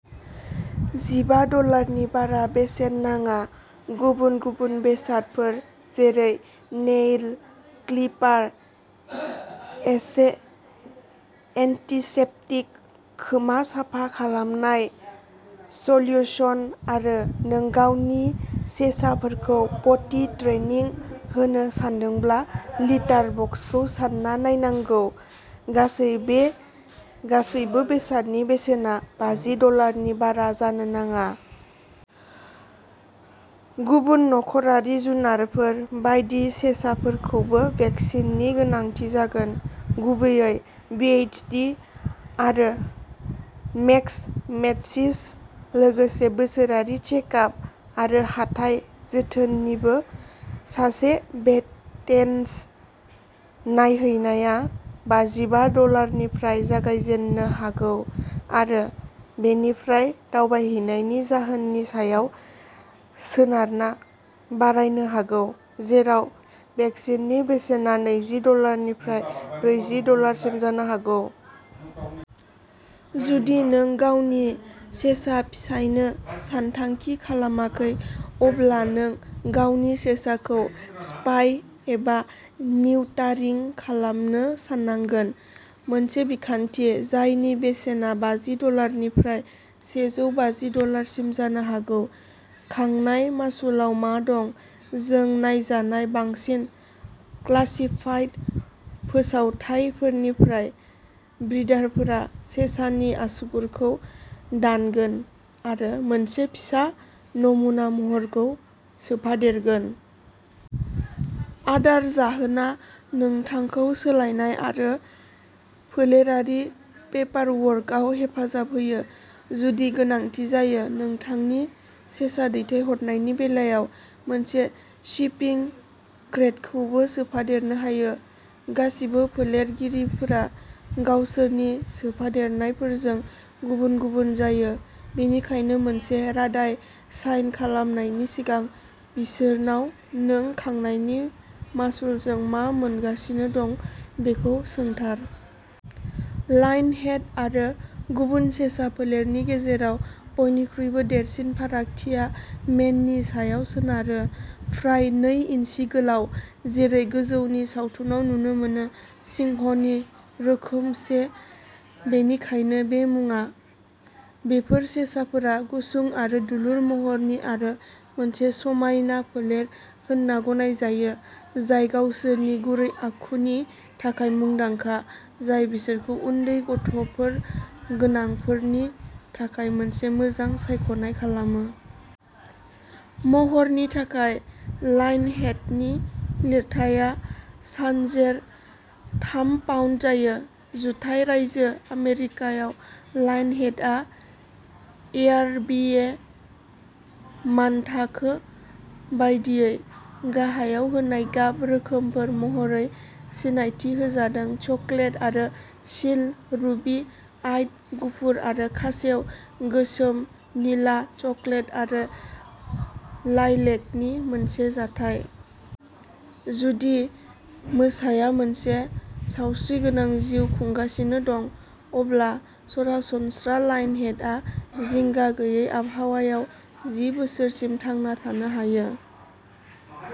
जिबा डलारनि बारा बेसेन नाङा। गुबुन गुबुन बेसादफोर, जेरै नेइल क्लिपार, एसे एन्टिसेप्टिक खोमा साफा खालामनाय सल्युशन आरो नों गावनि सेसाफोरखौ पटि ट्रेनिं होनो सानदोंब्ला लिटार बक्सखौ सानना नायनांगौ। गासै बे गासैबो बेसादनि बेसेना बाजि डलारनि बारा जानो नाङा। गुबुन नखरारि जुनारफोर बायदि सेसाफोरखौबो भेकसिननि गोनांथि जागोन, गुबैयै भिएचडि आरो मैक्समेटसिस, लोगोसे बोसोरारि चेकआप आरो हाथाइ जोथोननिबो। सासे भेटेनस नायहैनाया बाजिबा डलारनिफ्राय जागायजेन्नो हागौ आरो बेनिफ्राय दावबायहैनायनि जाहोननि सायाव सोनारना बारायनो हागौ, जेराव भेकसिननि बेसेना नैजि डलारनिफ्राय ब्रैजि डलारसिम जानो हागौ। जुदि नों गावनि सेसा फिसायनो सानथांखि खालामाखै, अब्ला नों गावनि सेसाखौ स्पाय एबा निउटारिं खालामनो साननांगोन, मोनसे बिखान्थि जायनि बेसेना बाजि डलारनिफ्राय सेजौ बाजि डलारसिम जानो हागौ। खांनाय मासुलाव मा दं? जों नायजानाय बांसिन क्लासिफाइड फोसावथायफोरनिफ्राय, ब्रिडारफोरा सेसानि आसुगुरखौ दानगोन आरो मोनसे फिसा नमुना महरखौ सोफादेरगोन। आदार जाहोना नोंथांखौ सोलायनाय आरो फोलेरारि पेपारवर्कआव हेफाजाब होयो, जुदि गोनांथि जायो। नोंथांनि सेसा दैथायहरनायनि बेलायाव, मोनसे शिपिं क्रेटखौबो सोफादेरनो हायो। गासिबो फोलेरगिरिफोरा गावसोरनि सोफादेरनायफोरजों गुबुन गुबुन जायो, बेनिखायनो मोनसे रादाय साइन खालामनायनि सिगां बिसोरनाव नों खांनायनि मासुलजों मा मोनगासिनो दं बेखौ सोंथार। लायनहेड आरो गुबुन सेसा फोलेरनि गेजेराव बयनिख्रुइबो देरसिन फारागथिया मेननि सायाव सोनारो, फ्राय नै इन्सि गोलाव, जेरै गोजौनि सावथुनाव नुनो मोनो, सिंहनि रोखोमसे, बेनिखायनो बे मुङा। बेफोर सेसाफोरा गुसुं आरो दुलुर महरनि आरो मोनसे समायना फोलेर होनना गनायजायो, जाय गावसोरनि गुरै आखुनि थाखाय मुंदांखा, जाय बिसोरखौ उन्दै गथ'फोर गोनांफोरनि थाखाय मोनसे मोजां सायख'नाय खालामो। महरनि थाखाय, लायनहेडनि लिरथाया सानजेर थाम पाउन्द जायो। जुथाइ रायजो आमेरिकायाव, लायनहेडआ, एआरबिए मानथाखो बायदियै, गाहायाव होनाय गाब रोखोमफोर महरै सिनायथि होजादों चकलेट आरो सील, रुबि आइड गुफुर आरो खासेव, गोसोम, निला, चकलेट आरो लाइलेकनि मोनसे जथाय। जुदि मोसाया मोनसे सावस्रिगोनां जिउ खुंगासिनो दं, अब्ला सरासनस्रा लायनहेडआ जिंगा गैयै आबहावायाव जि बोसोरसिम थांना थानो हायो।